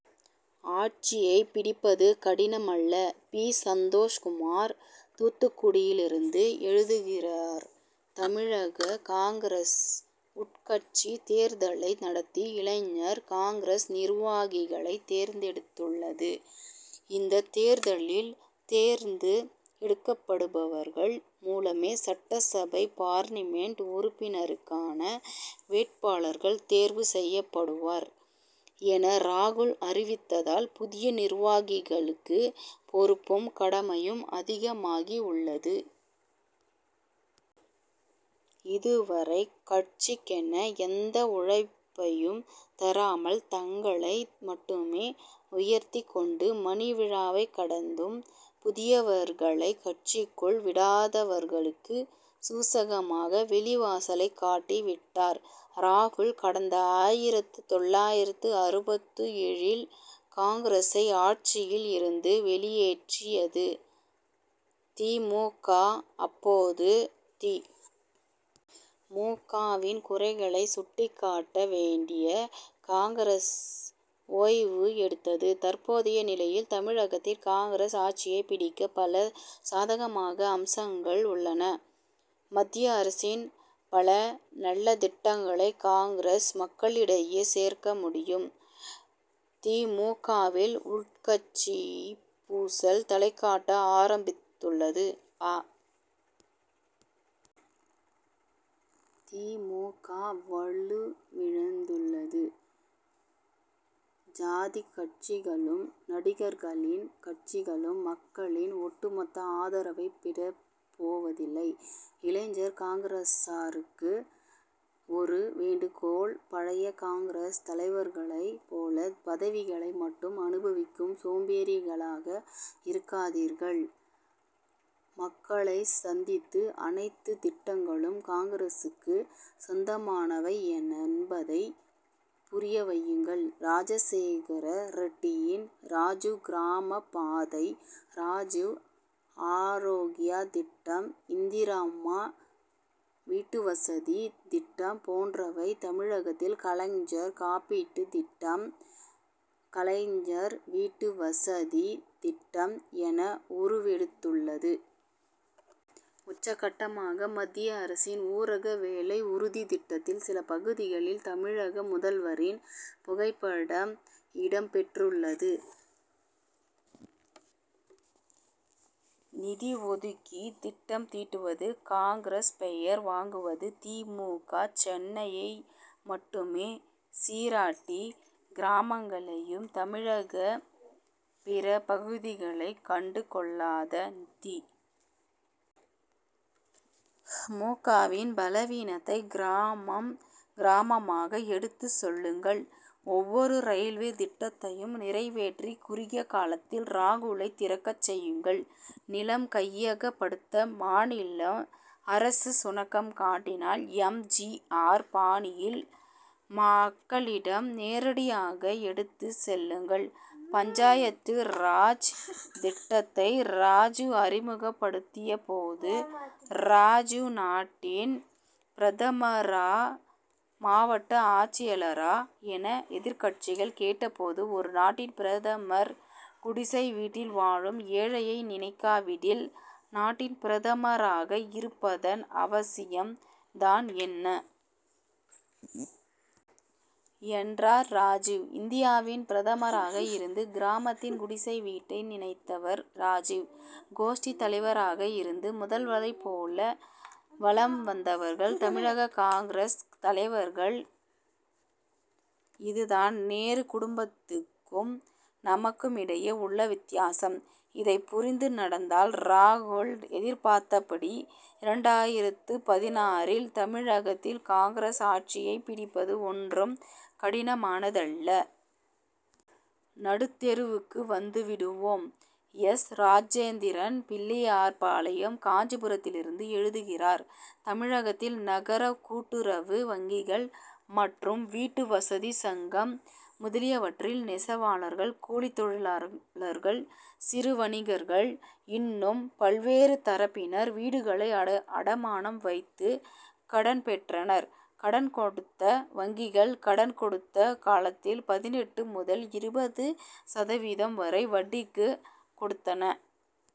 ஆட்சியைப் பிடிப்பது கடினமல்ல! பி. சந்தோஷ்குமார் தூத்துக்குடியிலிருந்து எழுதுகிறார் தமிழக காங்கிரஸ் உட்கட்சித் தேர்தலை நடத்தி இளைஞர் காங்கிரஸ் நிர்வாகிகளைத் தேர்ந்தெடுத்துள்ளது. இந்தத் தேர்தலில் தேர்ந்து எடுக்கப்படுபவர்கள் மூலமே சட்டசபை பார்லிமென்ட் உறுப்பினருக்கான வேட்பாளர்கள் தேர்வு செய்யப்படுவார் என ராகுல் அறிவித்ததால் புதிய நிர்வாகிகளுக்கு பொறுப்பும் கடமையும் அதிகமாகி உள்ளது. இதுவரை கட்சிக்கென எந்த உழைப்பையும் தராமல் தங்களை மட்டுமே உயர்த்திக் கொண்டு மணிவிழாவைக் கடந்தும் புதியவர்களைக் கட்சிக்குள் விடாதவர்களுக்கு சூசகமாக வெளிவாசலைக் காட்டி விட்டார் ராகுல். கடந்த ஆயிரத்து தொள்ளாயிரத்து அறுபத்து ஏழில் காங்கிரசை ஆட்சியில் இருந்து வெளியேற்றியது தி. மு. க. அப்போது தி. மு. க.வின் குறைகளை சுட்டிக்காட்ட வேண்டிய காங்கிரஸ் ஓய்வு எடுத்தது. தற்போதைய நிலையில் தமிழகத்தில் காங்கிரஸ் ஆட்சியைப் பிடிக்க பல சாதகமான அம்சங்கள் உள்ளன. மத்திய அரசின் பல நல்ல திட்டங்களை காங்கிரஸ் மக்களிடையே சேர்க்க முடியும். தி. மு. க.வில் உட்கட்சிப்பூசல் தலைகாட்ட ஆரம்பித்துள்ளது அ. தி. மு. க. வலுவிழந்துள்ளது. ஜாதிக்கட்சிகளும் நடிகர்களின் கட்சிகளும் மக்களின் ஒட்டுமொத்த ஆதரவைப் பெதப்போவதில்லை. இளைஞர் காங்கிரசாருக்கு ஒரு வேண்டுகோள்பழைய காங்கிரஸ் தலைவர்களைப் போல பதவிகளை மட்டும் அனுபவிக்கும் சோம்பேறிகளாக இருக்காதீர்கள். மக்களைச் சந்தித்து அனைத்துத் திட்டங்களும் காங்கிரசுக்கு சொந்தமானவை எனந்பதை புரிய வையுங்கள். ராஜசேகர ரெட்டியின் ராஜிவ் கிராமபாதை ராஜிவ் ஆரோக்யா திட்டம் இந்திராம்மா வீட்டுவசதி திட்டம் போன்றவை தமிழகத்தில் கலைஞர் காப்பீட்டு திட்டம் கலைஞர் வீட்டு வசதி திட்டம் என உருவெடுத்துள்ளது. உச்சகட்டமாக மத்திய அரசின் ஊரக வேலை உறுதித் திட்டத்தில் சில பகுதிகளில் தமிழக முதல்வரின் புகைப்படம் இடம் பெற்றுள்ளது. நிதி ஒதுக்கி திட்டம் தீட்டுவது காங்கிரஸ் பெயர் வாங்குவது தி. மு. க. சென்னையை மட்டுமே சீராட்டி கிராமங்களையும் தமிழக பிற பகுதிகளை கண்டுகொள்ளாத தி. மு. க.வின் பலவீனத்தை கிராமம் கிராமமாக எடுத்துச் சொல்லுங்கள். ஒவ்வொரு ரயில்வே திட்டத்தையும் நிறைவேற்றி குறுகிய காலத்தில் ராகுலை திறக்கச் செய்யுங்கள். நிலம் கையகப்படுத்த மாநில அரசு சுணக்கம் காட்டினால் எம். ஜி. ஆர். பாணியில் மக்களிடம் நேரடியாக எடுத்துச் சொல்லுங்கள். பஞ்சாயத்து ராஜ் திட்டத்தை ராஜிவ் அறிமுகப்படுத்தியபோது ராஜிவ் நாட்டின் பிரதமரா மாவட்ட ஆட்சியாளரா என எதிர்க்கட்சிகள் கேட்டபோது ஒரு நாட்டின் பிரதமர் குடிசை வீட்டில் வாழும் ஏழையை நினைக்காவிடில் நாட்டின் பிரதமராக இருப்பதன் அவசியம் தான் என்ன! என்றார் ராஜிவ். இந்தியாவின் பிரதமராக இருந்து கிராமத்தின் குடிசை வீட்டை நினைத்தவர் ராஜிவ். கோஷ்டித் தலைவராக இருந்து முதல்வரைப் போல வலம் வந்தவர்கள் தமிழக காங்கிரஸ் தலைவர்கள். இதுதான் நேரு குடும்பத்துக் கும் நமக்குமிடையே உள்ள வித்தியாசம். இதை புரிந்து நடந்தால் ராகுல் எதிர்பார்த்தபடி இரண்டாயிரத்து பதினாறில் தமிழகத்தில் காங்கிரஸ் ஆட்சியை பிடிப்பது ஒன்றும் கடினமானதல்ல. நடுத்தெருவுக்கு வந்துவிடுவோம்! எஸ். ராஜேந்திரன் பிள்ளையார்பாளையம் காஞ்சிபுரத்திலிருந்து எழுதுகிறார் தமிழகத்தில் நகர கூட்டுறவு வங்கிகள் மற்றும் வீட்டு வசதி சங்கம் முதலியவற்றில் நெசவாளர்கள் கூலித் தொழிலாளர்கள் சிறு வணிகர்கள் இன்னும் பல்வேறு தரப்பினர்வீடுகளை அட அடமானம் வைத்து கடன் பெற்றனர். கடன் கொடுத்த வங்கிகள் கடன் கொடுத்த காலத்தில் பதினெட்டு முதல் இருபது சதவீதம் வரை வட்டிக்கு கொடுத்தன.